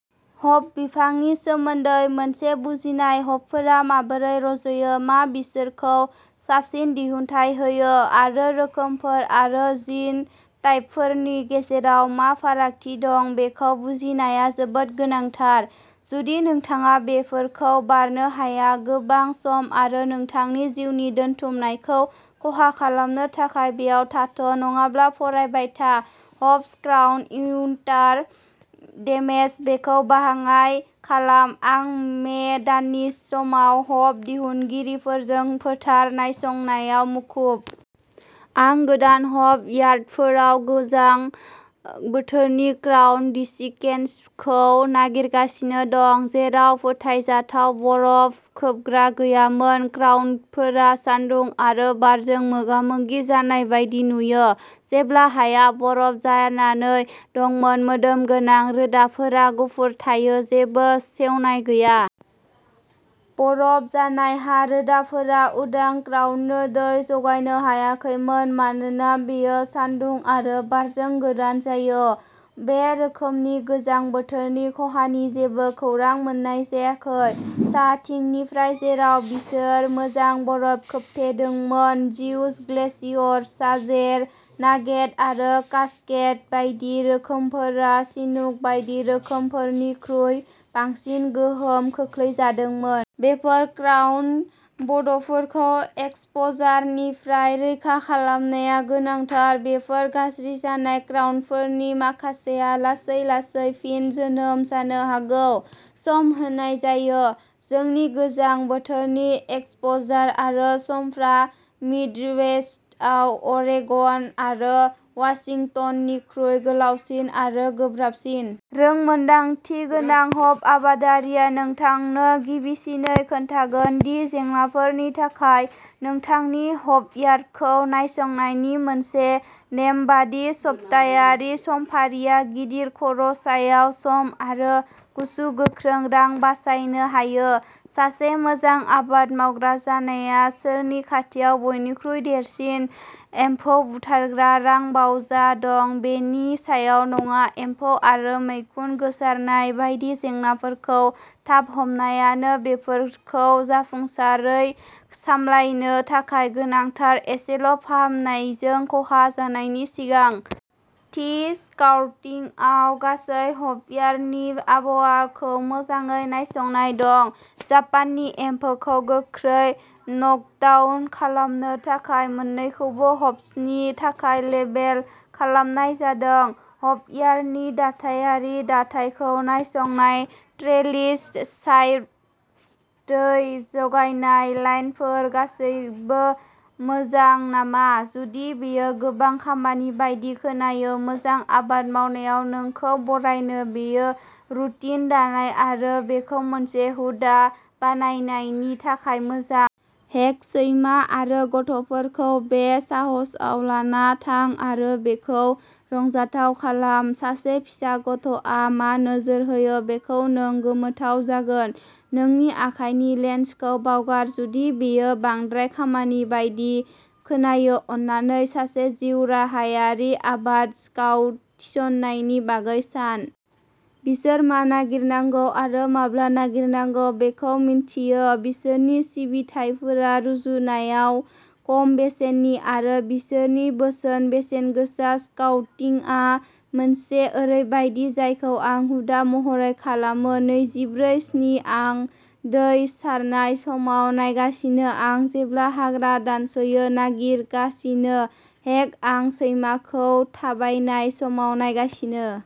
Hop बिफांनि सोमोन्दै मोनसे बुजिनाय। हपफोरा माबोरै रज'यो, मा बिसोरखौ साबसिन दिहुनथाय होयो, आरो रोखोमफोर आरो जिन'टाइपफोरनि गेजेराव मा फारागथि दं बेखौ बुजिनाया जोबोद गोनांथार। जुदि नोंथाङा बेफोरखौ बारनो हाया गोबां सम आरो नोंथांनि जिउनि दोनथुमनायखौ खहा खालामनो थाखाय बेयाव थाथ नङाब्ला फरायबाय था हप्स क्राउन उइन्टार डेमेज बेखौ बाङाइ खालाम, आं मे दाननि समाव हप दिहुनगिरिफोरजों फोथार नायसंनायाव मुखुब। आं गोदान हप यार्डफोराव गोजां बोथोरनि क्राउन दिसिकेसनखौ नागिरगासिनो दं जेराव फोथायजाथाव बरफ खोबग्रा गैयामोन। क्राउनफोरा सान्दुं आरो बारजों मोगामोगि जानाय बायदि नुयो जेब्ला हाया बरफ जानानै दंमोन। मोदोम गोनां रोदाफोरा गुफुर थायो जेबो सेवनाय गैया। बरफ जानाय हा रोदाफोरा उदां क्राउननो दै जगायनो हायाखैमोन मानोना बेयो सान्दुं आरो बारजों गोरान जायो। बे रोखोमनि गोजां बोथोरनि खहानि जेबो खौरां मोननाय जायाखै। साहाथिंनिफ्राय, जेराव बिसोर मोजां बरफ खोबथेदोंमोन। जिउस, ग्लेशियर, साजेर, नागेट आरो कास्केड बायदि रोखोमफोरा चिनुक बायदि रोखोमफोरनिख्रुइ बांसिन गोहोम खोख्लैजादोंमोन। बेफोर क्राउन बडफोरखौ एक्सप'जारनिफ्राय रैखा खालामनाया गोनांथार बेफोर गाज्रि जानाय क्राउनफोरनि माखासेआ लासै-लासै फिन जोनोम जानो हागौ, सम होनाय जायो। जोंनि गोजां बोथोरनि एक्सप'जार आरो समफ्रा मिडवेस्टआव अरेगन आरो वाशिंटननिख्रुइ गोलावसिन आरो गोब्राबसिन। रोंमोन्दांथि गोनां हप आबादारिया नोंथांनो गिबिसिनै खोन्थागोन दि जेंनाफोरनि थाखाय नोंथांनि हपयार्डखौ नायसंनायनि मोनसे नेमबादि सप्तायारि समफारिआ गिदिर खर'सानाय, सम आरो गुसु गोख्रों रां बासायनो हायो। सासे मोजां आबाद मावग्रा जानाया सोरनि खाथियाव बयनिख्रुइ देरसिन एम्फौ बुथारग्रा रांबावजा दं बेनि सायाव नङा एम्फौ आरो मैखुन गोसारनाय बायदि जेंनाफोरखौ थाब हमनायानो बेफोरखौ जाफुंसारै सामलायनो थाखाय गोनांथार एसेल' फाहामनायजों खहा जानायनि सिगां। थि स्काउटिंगआव गासै हपयार्डनि आबहावाखौ मोजाङै नायसंनाय दं। जापाननि एम्फौखौ गोख्रै नकडाउन खालामनो थाखाय। मोन्नैखौबो हप्सनि थाखाय लेबेल खालामनाय जादों। हपयार्डनि दाथायारि दाथायखौ नायसंनाय ट्रेलिस, सापर्ट, दै जगायनाय लाइनफोर गासैबो मोजां नामा? जुदि बेयो गोबां खामानि बायदि खोनायो मोजां, आबाद मावनायाव नोंखौ बरायनो बेयो रुटिन दानाय आरो बेखौ मोनसे हुदा बानायनायनि थाखाय मोजां। हेक, सैमा आरो गथ'फोरखौ बे साहसआव लाना थां आरो बेखौ रंजाथाव खालाम। सासे फिसा गथ'आ मा नोजोर होयो बेखौ नों गोमोथाव जागोन। नोंनि आखाइनि लेन्सखौ बावगार जुदि बेयो बांद्राय खामानि बायदि खोनायो, अन्नानै सासे जिउराहायारि आबाद स्काउट थिसननायनि बागै सान। बिसोर मा नागिरनांगौ आरो माब्ला नागिरनांगौ बेखौ मिन्थियो। बिसोरनि सिबिथाइफोरा रुजुनायाव खम बेसेननि आरो बिसोरनि बोसोन-बेसेनगोसा। स्काउटिंआ मोनसे ओरैबायदि जायखौ आं हुदा महरै खालामो नैजिब्रै स्नि आं दै सारनाय समाव नायगासिनो आं जेब्ला हाग्रा दानस'यो नागिरगासिनो हेक, आं सैमाखौ थाबायनाय समाव नायगासिनो।